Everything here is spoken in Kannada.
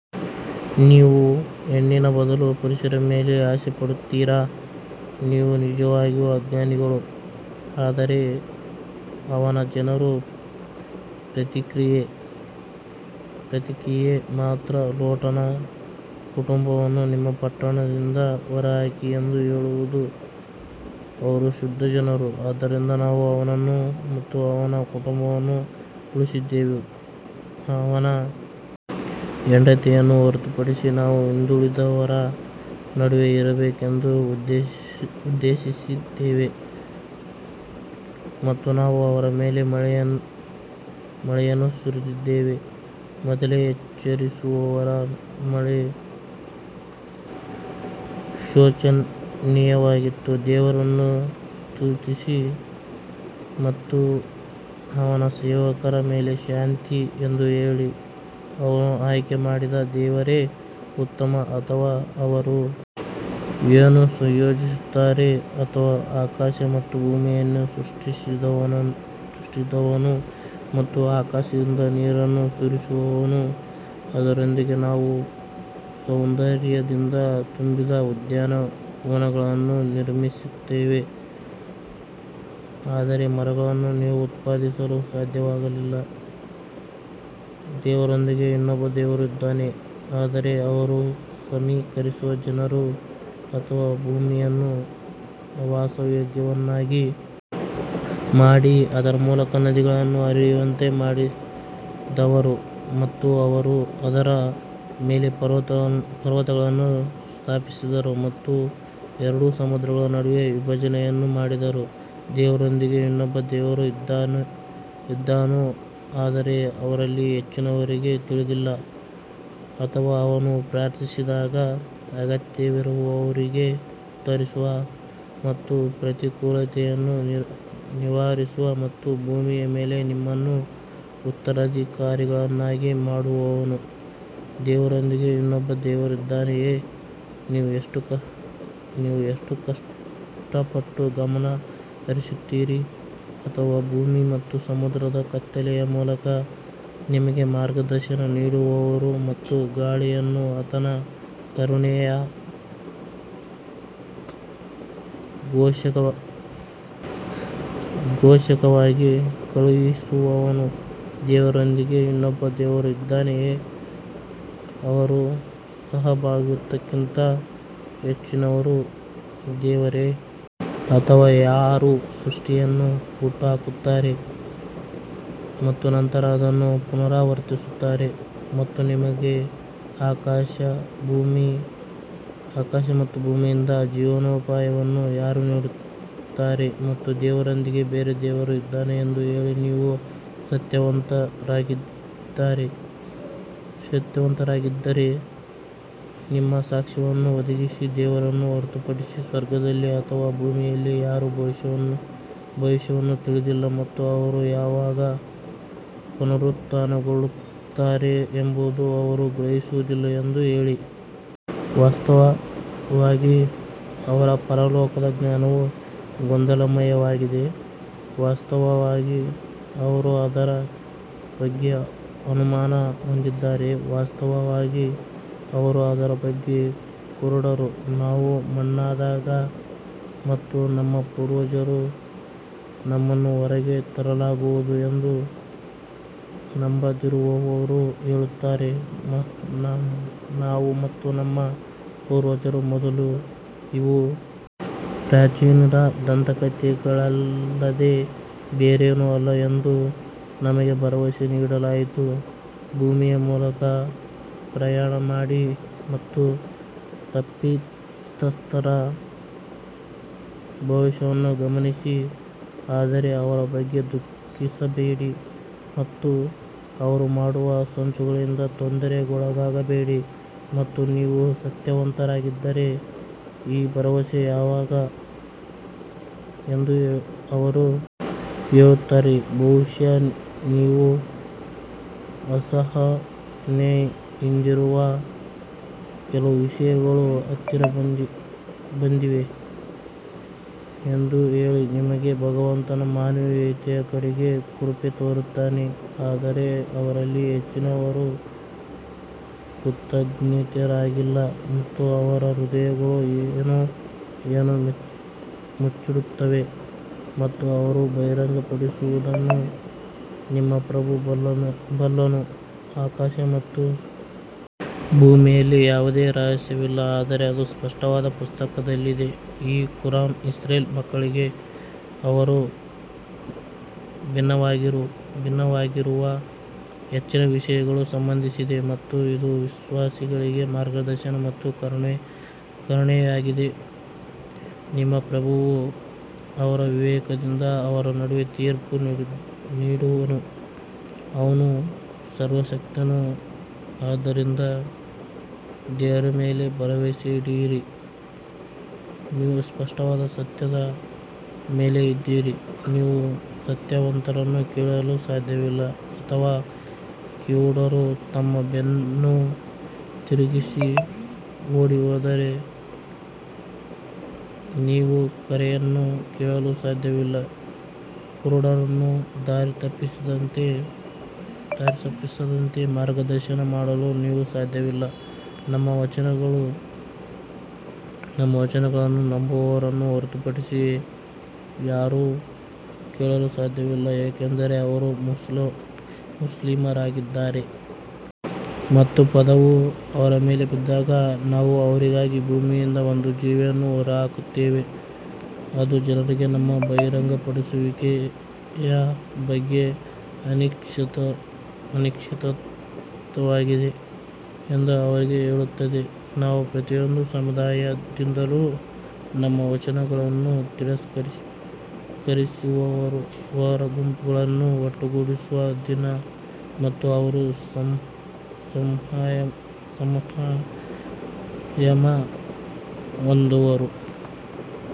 ನೀವು ಹೆಣ್ಣಿನ ಬದಲು ಪುರುಷರ ಮೇಲೆ ಆಸೆ ಪಡುತ್ತೀರಾ ನೀವು ನಿಜವಾಗಿಯೂ ಅಜ್ಞಾನಿಗಳು ಆದರೆ ಅವನ ಜನರ ಪ್ರತಿಕ್ರಿಯೆ ಮಾತ್ರ ಲೋಟನ ಕುಟುಂಬವನ್ನು ನಿಮ್ಮ ಪಟ್ಟಣದಿಂದ ಹೊರಹಾಕಿ ಎಂದು ಹೇಳುವುದು ಅವರು ಶುದ್ಧ ಜನರು ಆದ್ದರಿಂದ ನಾವು ಅವನನ್ನು ಮತ್ತು ಅವನ ಕುಟುಂಬವನ್ನು ಉಳಿಸಿದೆವು ಅವನ ಹೆಂಡತಿಯನ್ನು ಹೊರತುಪಡಿಸಿ ನಾವು ಹಿಂದುಳಿದವರ ನಡುವೆ ಇರಬೇಕೆಂದು ಉದ್ದೇಶಿಸಿದ್ದೇವೆ ಮತ್ತು ನಾವು ಅವರ ಮೇಲೆ ಮಳೆಯನ್ನು ಸುರಿಸಿದ್ದೇವೆ, ಮೊದಲೇ ಎಚ್ಚರಿಸಿದವರ ಮಳೆ ಶೋಚನೀಯವಾಗಿತ್ತು ದೇವರನ್ನು ಸ್ತುತಿಸಿ ಮತ್ತು ಆತನ ಸೇವಕರ ಮೇಲೆ ಶಾಂತಿ ಎಂದು ಹೇಳಿ, ಅವನು ಆಯ್ಕೆ ಮಾಡಿದ ದೇವರೇ ಉತ್ತಮ ಅಥವಾ ಅವರು ಏನು ಸಂಯೋಜಿಸುತ್ತಾರೆ ಅಥವಾ ಆಕಾಶ ಮತ್ತು ಭೂಮಿಯನ್ನು ಸೃಷ್ಟಿಸಿದವನು ಮತ್ತು ಆಕಾಶದಿಂದ ನೀರನ್ನು ಸುರಿಸುವವನು ಅದರೊಂದಿಗೆ ನಾವು ಸೌಂದರ್ಯದಿಂದ ತುಂಬಿದ ಉದ್ಯಾನವನಗಳನ್ನು ನಿರ್ಮಿಸುತ್ತೇವೆ, ಅದರ ಮರಗಳನ್ನು ನೀವು ಉತ್ಪಾದಿಸಲು ಸಾಧ್ಯವಾಗಲಿಲ್ಲ, ದೇವರೊಂದಿಗೆ ಇನ್ನೊಬ್ಬ ದೇವರು ಇದ್ದಾನೆ ಆದರೆ ಅವರು ಸಮೀಕರಿಸುವ ಜನರು ಅಥವಾ ಭೂಮಿಯನ್ನು ವಾಸಯೋಗ್ಯವನ್ನಾಗಿ ಮಾಡಿ ಅದರ ಮೂಲಕ ನದಿಗಳನ್ನು ಹರಿಯುವಂತೆ ಮಾಡಿದವರು ಮತ್ತು ಅದರ ಮೇಲೆ ಪರ್ವತಗಳನ್ನು ಸ್ಥಾಪಿಸಿದರು ಮತ್ತು ಎರಡು ಸಮುದ್ರಗಳ ನಡುವೆ ವಿಭಜನೆಯನ್ನು ಮಾಡಿದವರು ದೇವರೊಂದಿಗೆ ಇನ್ನೊಬ್ಬ ದೇವರು ಇದ್ದಾನೋ ಆದರೆ ಅವರಲ್ಲಿ ಹೆಚ್ಚಿನವರಿಗೆ ತಿಳಿದಿಲ್ಲ ಅಥವಾ ಅವನು ಪ್ರಾರ್ಥಿಸಿದಾಗ ಅಗತ್ಯವಿರುವವರಿಗೆ ಉತ್ತರಿಸುವ ಮತ್ತು ಪ್ರತಿಕೂಲತೆಯನ್ನು ನಿವಾರಿಸುವ ಮತ್ತು ಭೂಮಿಯ ಮೇಲೆ ನಿಮ್ಮನ್ನು ಉತ್ತರಾಧಿಕಾರಿಗಳನ್ನಾಗಿ ಮಾಡುವವನು ದೇವರೊಂದಿಗೆ ಇನ್ನೊಬ್ಬ ದೇವರಿದ್ದಾನೆಯೇ ನೀವು ಎಷ್ಟು ಕಷ್ಟಪಟ್ಟು ಗಮನ ಹರಿಸುತ್ತೀರಿ ಅಥವಾ ಭೂಮಿ ಮತ್ತು ಸಮುದ್ರದ ಕತ್ತಲೆಯ ಮೂಲಕ ನಿಮಗೆ ಮಾರ್ಗದರ್ಶನ ನೀಡುವವರು ಮತ್ತು ಗಾಳಿಯನ್ನು ಆತನ ಕರುಣೆಯ ಘೋಷಕವಾಗಿ ಕಳುಹಿಸುವವನು ದೇವರೊಂದಿಗೆ ಇನ್ನೊಬ್ಬ ದೇವರು ಇದ್ದಾನೆಯೇ ಅವರು ಸಹಭಾಗಿತ್ವಕ್ಕಿಂತ ಹೆಚ್ಚಿನವರು ದೇವರೇ? ಅಥವಾ ಯಾರು ಸೃಷ್ಟಿಯನ್ನು ಹುಟ್ಟುಹಾಕುತ್ತಾರೆ ಮತ್ತು ನಂತರ ಅದನ್ನು ಪುನರಾವರ್ತಿಸುತ್ತಾರೆ ಮತ್ತು ನಿಮಗೆ ಆಕಾಶ ಮತ್ತು ಭೂಮಿಯಿಂದ ಜೀವನೋಪಾಯವನ್ನು ಯಾರು ನೀಡುತ್ತಾರೆ ಮತ್ತು ದೇವರೊಂದಿಗೆ ಬೇರೆ ದೇವರು ಇದ್ದಾನೆ ಎಂದು ಹೇಳಿ ನೀವು ಸತ್ಯವಂತರಾಗಿದ್ದರೆ ನಿಮ್ಮ ಸಾಕ್ಷ್ಯವನ್ನು ಒದಗಿಸಿ ದೇವರನ್ನು ಹೊರತುಪಡಿಸಿ ಸ್ವರ್ಗದಲ್ಲಿ ಅಥವಾ ಭೂಮಿಯಲ್ಲಿ ಯಾರೂ ಭವಿಷ್ಯವನ್ನು ತಿಳಿದಿಲ್ಲ ಮತ್ತು ಅವರು ಯಾವಾಗ ಪುನರುತ್ಥಾನಗೊಳ್ಳುತ್ತಾರೆ ಎಂಬುದನ್ನು ಅವರು ಗ್ರಹಿಸುವುದಿಲ್ಲ ಎಂದು ಹೇಳಿ. ವಾಸ್ತವವಾಗಿ ಅವರ ಪರಲೋಕದ ಜ್ಞಾನವು ಗೊಂದಲಮಯವಾಗಿದೆ ವಾಸ್ತವವಾಗಿ ಅವರು ಅದರ ಬಗ್ಗೆ ಅನುಮಾನ ಹೊಂದಿದ್ದಾರೆ ವಾಸ್ತವವಾಗಿ ಅವರು ಅದರ ಬಗ್ಗೆ ಕುರುಡರು ನಾವು ಮಣ್ಣಾದಾಗ ಮತ್ತು ನಮ್ಮ ಪೂರ್ವಜರು ನಮ್ಮನ್ನು ಹೊರಗೆ ತರಲಾಗುವುದು ಎಂದು ನಂಬದಿರುವವರು ಹೇಳುತ್ತಾರೆ ನಾವು ಮತ್ತು ನಮ್ಮ ಪೂರ್ವಜರ ಮೊದಲು ಇವು ಪ್ರಾಚೀನರ ದಂತಕಥೆಗಳಲ್ಲದೆ ಬೇರೇನೂ ಅಲ್ಲ ಎಂದು ನಮಗೆ ಭರವಸೆ ನೀಡಲಾಯಿತು ಭೂಮಿಯ ಮೂಲಕ ಪ್ರಯಾಣ ಮಾಡಿ ಮತ್ತು ತಪ್ಪಿತಸ್ಥರ ಭವಿಷ್ಯವನ್ನು ಗಮನಿಸಿ ಆದರೆ ಅವರ ಬಗ್ಗೆ ದುಃಖಿಸಬೇಡಿ ಮತ್ತು ಅವರು ಮಾಡುವ ಸಂಚುಗಳಿಂದ ತೊಂದರೆಗೊಳಗಾಗಬೇಡಿ ಮತ್ತು ನೀವು ಸತ್ಯವಂತರಾಗಿದ್ದರೆ ಈ ಭರವಸೆ ಯಾವಾಗ ಎಂದು ಅವರು ಹೇಳುತ್ತಾರೆ ಬಹುಶಃ ನೀವು ಅಸಹನೆಯಿಂದಿರುವ ಕೆಲವು ವಿಷಯಗಳು ಹತ್ತಿರ ಬಂದಿವೆ ಎಂದು ಹೇಳಿ ನಿಮ್ಮ ಭಗವಂತ ಮಾನವೀಯತೆಯ ಕಡೆಗೆ ಕೃಪೆ ತೋರುತ್ತಾನೆ ಆದರೆ ಅವರಲ್ಲಿ ಹೆಚ್ಚಿನವರು ಕೃತಜ್ಞರಾಗಿಲ್ಲ ಮತ್ತು ಅವರ ಹೃದಯಗಳು ಏನು ಮುಚ್ಚಿಡುತ್ತವೆ ಮತ್ತು ಅವರು ಬಹಿರಂಗಪಡಿಸುವುದನ್ನು ನಿಮ್ಮ ಪ್ರಭು ಬಲ್ಲನು ಆಕಾಶ ಮತ್ತು ಭೂಮಿಯಲ್ಲಿ ಯಾವುದೇ ರಹಸ್ಯವಿಲ್ಲ ಆದರೆ ಅದು ಸ್ಪಷ್ಟವಾದ ಪುಸ್ತಕದಲ್ಲಿದೆ ಈ ಕುರಾನ್ ಇಸ್ರೇಲ್ ಮಕ್ಕಳಿಗೆ ಅವರು ಭಿನ್ನವಾಗಿರುವ ಹೆಚ್ಚಿನ ವಿಷಯಗಳಿಗೆ ಸಂಬಂಧಿಸಿದೆ ಮತ್ತು ಇದು ವಿಶ್ವಾಸಿಗಳಿಗೆ ಮಾರ್ಗದರ್ಶನ ಮತ್ತು ಕರುಣೆಯಾಗಿದೆ ನಿಮ್ಮ ಪ್ರಭುವು ಅವರ ವಿವೇಕದಿಂದ ಅವರ ನಡುವೆ ತೀರ್ಪು ನೀಡುವನು, ಅವನು ಸರ್ವಶಕ್ತನು ಆದ್ದರಿಂದ ದೇವರ ಮೇಲೆ ಭರವಸೆಯಿಡಿರಿ ನೀವು ಸ್ಪಷ್ಟವಾದ ಸತ್ಯದ ಮೇಲೆ ಇದ್ದೀರಿ ನೀವು ಸತ್ತವರನ್ನು ಕೇಳಲು ಸಾಧ್ಯವಿಲ್ಲ ಅಥವಾ ಕಿವುಡರು ತಮ್ಮ ಬೆನ್ನು ತಿರುಗಿಸಿ ಓಡಿಹೋದರೆ ನೀವು ಕರೆಯನ್ನು ಕೇಳಲು ಸಾಧ್ಯವಿಲ್ಲ ಕುರುಡರನ್ನು ದಾರಿತಪ್ಪಿಸದಂತೆ ಮಾರ್ಗದರ್ಶನ ಮಾಡಲು ನೀವು ಸಾಧ್ಯವಿಲ್ಲ, ನಮ್ಮ ವಚನಗಳನ್ನು ನಂಬುವವರನ್ನು ಹೊರತುಪಡಿಸಿ ಯಾರೂ ಕೇಳಲು ಸಾಧ್ಯವಿಲ್ಲ ಏಕೆಂದರೆ ಅವರು ಮುಸ್ಲಿಮರಾಗಿದ್ದಾರೆ. ಮತ್ತು ಪದವು ಅವರ ಮೇಲೆ ಬಿದ್ದಾಗ ನಾವು ಅವರಿಗಾಗಿ ಭೂಮಿಯಿಂದ ಒಂದು ಜೀವಿಯನ್ನು ಹೊರತರುತ್ತೇವೆ, ಅದು ಜನರಿಗೆ ನಮ್ಮ ಬಹಿರಂಗಪಡಿಸುವಿಕೆಯ ಬಗ್ಗೆ ಅನಿಶ್ಚಿತವಾಗಿದೆ ಎಂದು ಅವರಿಗೆ ಹೇಳುತ್ತದೆ. ನಾವು ಪ್ರತಿಯೊಂದು ಸಮುದಾಯದಿಂದಲೂ ನಮ್ಮ ವಚನಗಳನ್ನು ತಿರಸ್ಕರಿಸಿದವರ ಗುಂಪನ್ನು ಒಟ್ಟುಗೂಡಿಸುವ ದಿನ ಮತ್ತು ಅವರು ಸಂಯಮ ಹೊಂದುವರು.